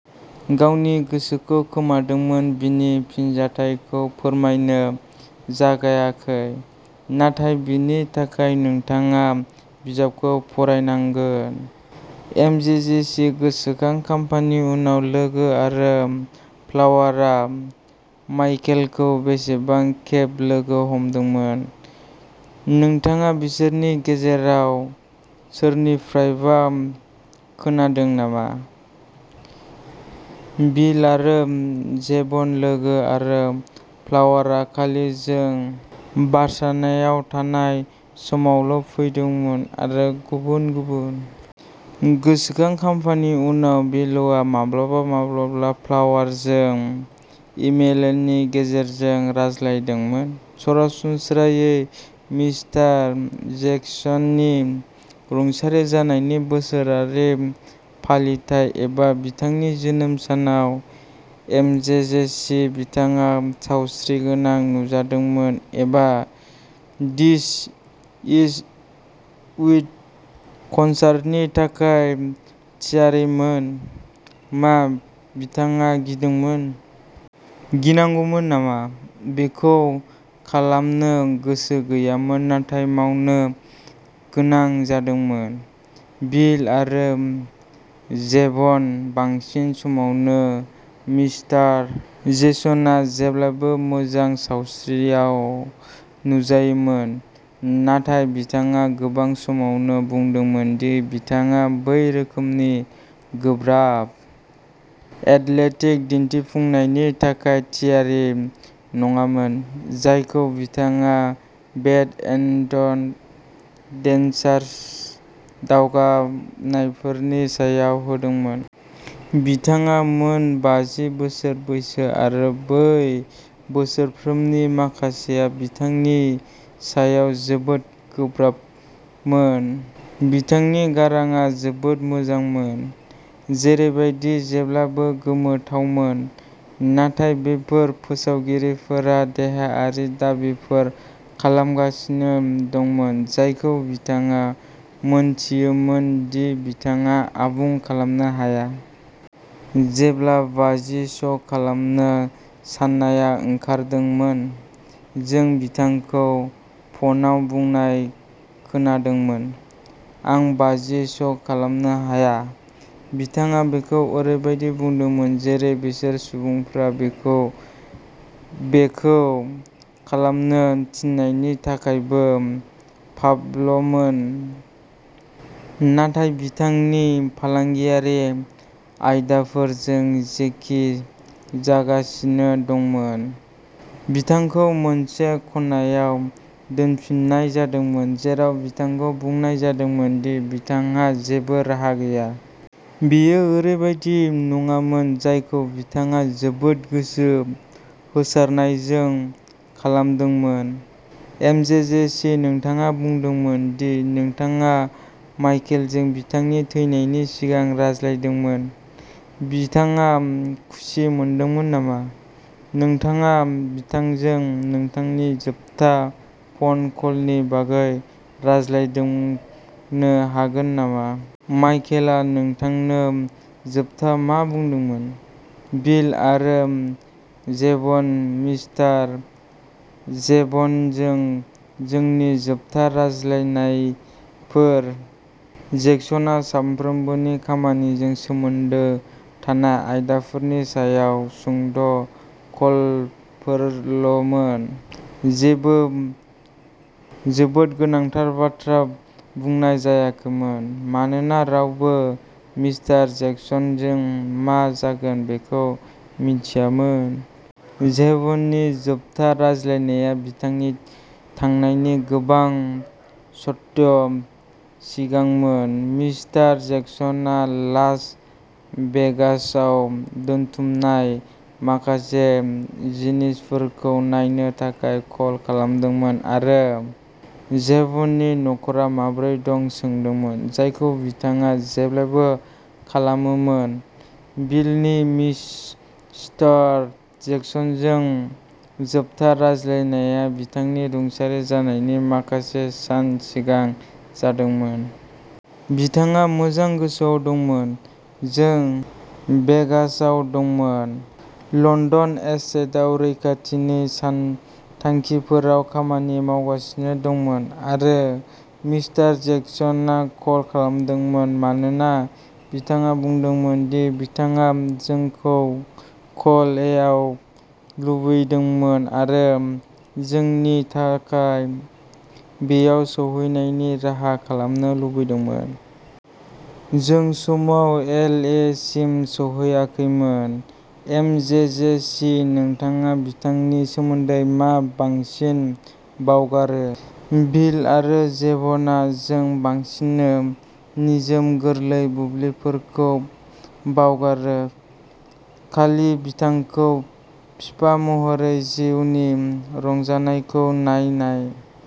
गावनि गोसोखौ खोमादोंमोन बिनि फिनजाथायखौ फोरमायनो जागायाखै, नाथाय बेनि थाखाय नोंथाङा बिजाबखौ फरायनांगोन। एमजेजेसी गोसोखां खाम्फानि उनाव लोगो आरो फ्लावरआ माइकेलखौ बेसेबां खेब लोगो हमदोंमोन नोंथाङा बिसोरनि गेजेराव सोरनिफ्रायबा खोनादों नामा? बिल आरो जेभन लोगो आरो फ्लावरआ खालि जों भार्जिनायाव थानाय समावल' फैदोंमोन आरो गुबुन गुबुन। गोसोखां खाम्फानि उनाव बिलआ माब्लाबा-माब्लाबा फ्लावरजों इमेलनि गेजेरजों रायज्लायदोंमोन, सरासनस्रायै मिस्टार जेक्सननि रुंसारि जानायनि बोसोरारि फालिथाइ एबा बिथांनि जोनोम सानाव एम जे जे सि बिथाङा सावस्रिगोनां नुजादोंमोन एबा दिस इज इट कनसार्टनि थाखाय थियारिमोन? मा बिथाङा गिदोंमोन? गिनांगौमोन नामा? बेखौ खालामनो गोसो गैयामोन नाथाय मावनो गोनां जादोंमोन बिल आरो जेभन बांसिन समावनो मिस्टार जेक्सनआ जेब्लाबो मोजां सावस्रियाव नुजायोमोन, नाथाय बिथाङा गोबां समावनो बुंदोंमोन दि बिथाङा बै रोखोमनि गोब्राब, एथलेटिक दिन्थिफुंनायनि थाखाय थियारि नङामोन, जायखौ बिथाङा बेड एन्ड डेन्जारास दावबायनायफोरनि समाव होदोंमोन। बिथाङा मोन बाजि बोसोर बैसो आरो बै बोसोरफोरनि माखासेआ बिथांनि सायाव जोबोद गोब्राबमोन। बिथांनि गाराङा जोबोद मोजांमोन, जेरैबादि जेब्लाबो गोमोथावमोन, नाथाय बेफोर फोसावगिरिफोरा देहायारि दाबिफोर खालामगासिनो दंमोन जायखौ बिथाङा मोनथियोमोन दि बिथाङा आबुं खालामनो हाया। जेब्ला बाजि श' खालामनो साननाया ओंखारदोंमोन, जों बिथांखौ फनआव बुंनाय खोनादोंमोन, आं बाजि श' खालामनो हाया। बिथाङा बेखौ ओरैबायदि बुंदोंमोन जेरै बेफोर सुबुंफोरा बिखौ बेखौ खालामनो थिननायनि थाखायबो पागलमोन। नाथाय बिथांनि फालांगियारि आयदाफोरजों जेखि जागासिनो दंमोन, बिथांखौ मोनसे खनायाव दोनफिननाय जादोंमोन जेराव बिथांखौ बुंनाय जादोंमोन दि बिथांहा जेबो राहा गैया। बेयो ओरैबायदि नङामोन जायखौ बिथाङा जोबोद गोसो होसारनायजों खालामदोंमोन। एम जे जे सि नोंथाङा बुंदोंमोन दि नोंथाङा माइकेलजों बिथांनि थैनायनि सिगां रायज्लायदोंमोन। बिथाङा खुसि मोनदोंमोन नामा? नोंथाङा बिथांजों नोंथांनि जोबथा फन कलनि बागै रायज्लायनो हागोन नामा? माइकेलआ नोंथांनो जोबथा मा बुंदोंमोन? बिल आरो जेभन मिस्टार जेभ'नजों जोंनि जोबथा रायज्लायनायफोर। जेक्सनआ सानफ्रोमबोनि खामानिजों सोमोन्दो थानाय आयदाफोरनि सायाव सुंद' कलफोरल'मोन। जेबो जोबोद गोनांथार बाथ्रा बुंनाय जायाखैमोन, मानोना रावबो मिस्टार जेक्सनजों मा जागोन बेखौ मिथियामोन। जेभननि जोबथा रायज्लायनाया बिथांनि थांनायनि गोबां सप्ता सिगांमोन मिस्टार जेक्सनआ लास भेगासआव दोनथुमनाय माखासे जिनिसफोरखौ नायनो थाखाय कल खालामदोंमोन आरो जेभननि नख'रा माबोरै दं सोंदोंमोन, जायखौ बिथाङा जेब्लाबो खालामोमोन। बिलनि मिस्टार जेक्सनजों जोबथा रायज्लायनाया बिथांनि रुंसारि जानायनि माखासे सान सिगां जादोंमोन। बिथाङा मोजां गोसोआव दंमोन। जों भेगासआव दंमोन, लन्दन एस्टेटआव रैखाथिनि सानथांखिफोराव खामानि मावगासिनो दंमोन आरो मिस्टार जेक्सनआ कल खालामदोंमोन मानोना बिथाङा बुंदोंमोन दि बिथाङा जोंखौ एल ए आव लुबैदोंमोन आरो जोंनि थाखाय बैयाव सौहैनायनि राहा खालामनो लुबैदोंमोन। जों समाव एल ए सिम सौहैयाखैमोन। एम जे जे सि नोंथाङा बिथांनि सोमोन्दै मा बांसिन बावगारो? बिल आरो जेभन जों बांसिनानो निजोम गोरलै बुब्लिफोरखौ बावगारो खालि बिथांखौ बिफा महरै जिउनि रंजानायखौ नायनाय।